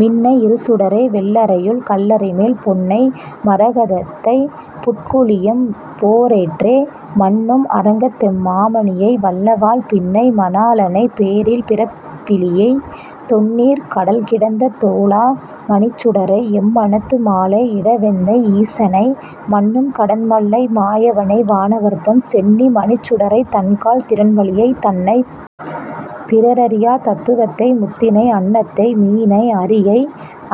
மின்னை இருசுடரை வெள்ளறையுள் கல்லறைமேல் பொன்னை, மரகத்தைப் புட்குழியெம் போரேற்றை, மன்னும் அரங்கத்தெம் மாமணியை, வல்லவாழ் பின்னை மணாளனை பேரில் பிறப்பிலியை, தொன்னீர்க் கடல்கிடந்த தோளா மணிச்சுடரை, என்மனத்து மாலை இடவெந்தை ஈசனை, மன்னும் கடன்மல்லை மாயவனை, வானவர்தம் சென்னி மணிச்சுடரைத் தண்கால் திறல்வலியை, தன்னைப் பிறரறியாத் தத்துவத்தை முத்தினை, அன்னத்தை மீனை அரியை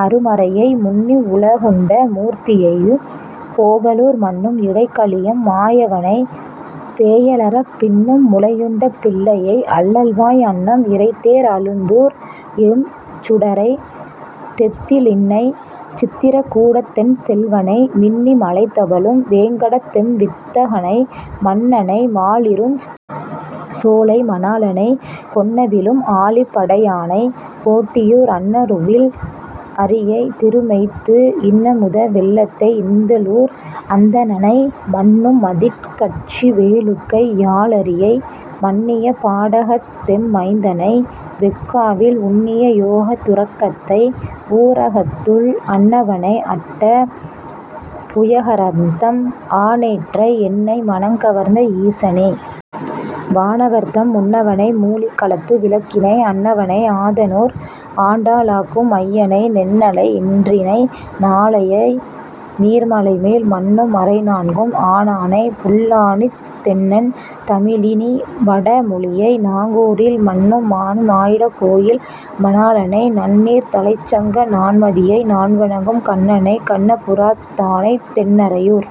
அருமறையை, முன்னிவ் வுலகுண்ட மூர்த்தியுயை, கோவலூர் மன்னும் இடைகழியெம் மாயவனை, பேயலறப், பின்னும் முலையுண்ட பிள்ளையை, அள்ளல்வாய் அன்னம் இரைதேர் அழுந்தூர் எழும்சுடரை, தெந்தில்லைச் சித்திர கூடத்தென் செல்வனை, மின்னி மழைதவழும் வேங்கடத்தெம் வித்தகனை, மன்னனை மாலிருஞ் சோலை மணாளனை, கொன்னவிலும் ஆழிப் படையானை, கோட்டியூர் அன்ன வுருவில் அரியை, திருமெய்யத்து இன்னமுத வெள்ளத்தை இந்தளூர் அந்தணனை, மன்னும் மதிட்கச்சி வேளுக்கை யாளரியை, மன்னிய பாடகத்தெம் மைந்தனை, வெஃகாவில், உன்னிய யோகத் துறக்கத்தை, ஊரகத்துள் அன்னவனை அட்ட புயகரத்தெம் ஆனேற்றை, என்னை மனங்கவர்ந்த ஈசனை, வானவர்த்தம் முன்னவனை மூழிக் களத்து விளக்கினை, அன்னவனை ஆதனூர் ஆண்டாளக்கும் ஐயனை, நென்னலை யின்றினை நாளையை, நீர்மலைமேல் மன்னும் மறைநான்கும் ஆனானை, புல்லாணித் தென்னன் தமிழி வடமொழியை, நாங்கூரில் மன்னும் மணிமாடக் கோயில் மணாளனை, நன்னீர்த் தலைச்சங்க நான்மதியை, நான்வணங்கும் கண்ணனைக் கண்ண புரத்தானை, தென்னறையூர்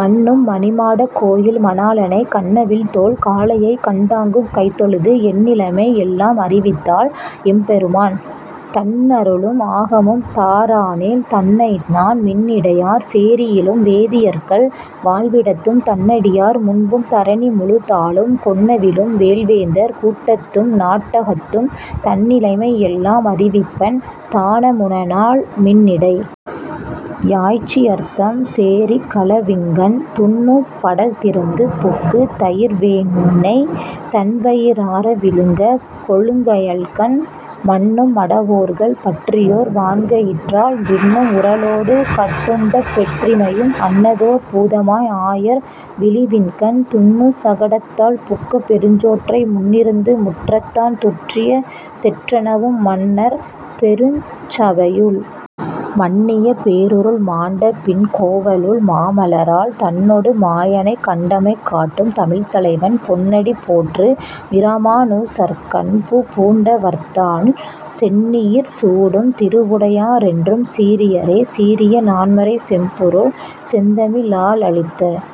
மன்னும் மணிமாடக் கோயில் மணாளனை, கன்னவில்தோள் காளையைக் கண்டாங்குக் கைதொழுது என்னிலைமை யெல்லாம் அறிவித்தால் எம்பெருமான், தன்னருளும் ஆகமும் தாரானேல், தன்னைநான் மின்னிடையார் சேரியிலும் வேதியர்க்கள் வாழ்விடத்தும், தன்னடியார் முன்பும் தரணி முழுதாளும், கொன்னவிலும் வேல்வேந்தர் கூட்டத்தும் நாட்டகத்தும் தன்னிலைமை யெல்லாம் அறிவிப்பன், தான்முனநாள் மின்னிடை யாய்ச்சியர்த்தம் சேரிக் களவிங்கண், துன்னு படல்திறந்து புக்கு, தயிர்வேண்ணெய் தன்வயி றார விழுங்க, கொழுங்கயல்கண் மன்னும் மடவோர்கள் பற்றியோர் வான்கயிற்றால் பின்னும் உரலோடு கட்டுண்ட பெற்றிமையும், அன்னதோர் பூதமாய் ஆயர் விழவின்கண் துன்னு சகடத்தால் புக்க பெருஞ்சோற்றை, முன்னிருந்து முற்றத்தான் துற்றிய தெற்றெனவும் மன்னர் பெருஞ்சவையுள் மன்னிய பேரிருள்மாண்ட பின் கோவலுள் மாமலராள் தன்னொடுமாயனைக் கண்டமைகாட்டும் தமிழ்த்தலைவன் பொன்னடி போற்று மிராமாநுசற்கன்புபூண்டவர்தாள் சென்னியிற் சூடும் திருவுடையாரென்றும் சீரியரே.. சீரிய நான்மறைச் செம்பொருள் செந்தமிழாலளித்த।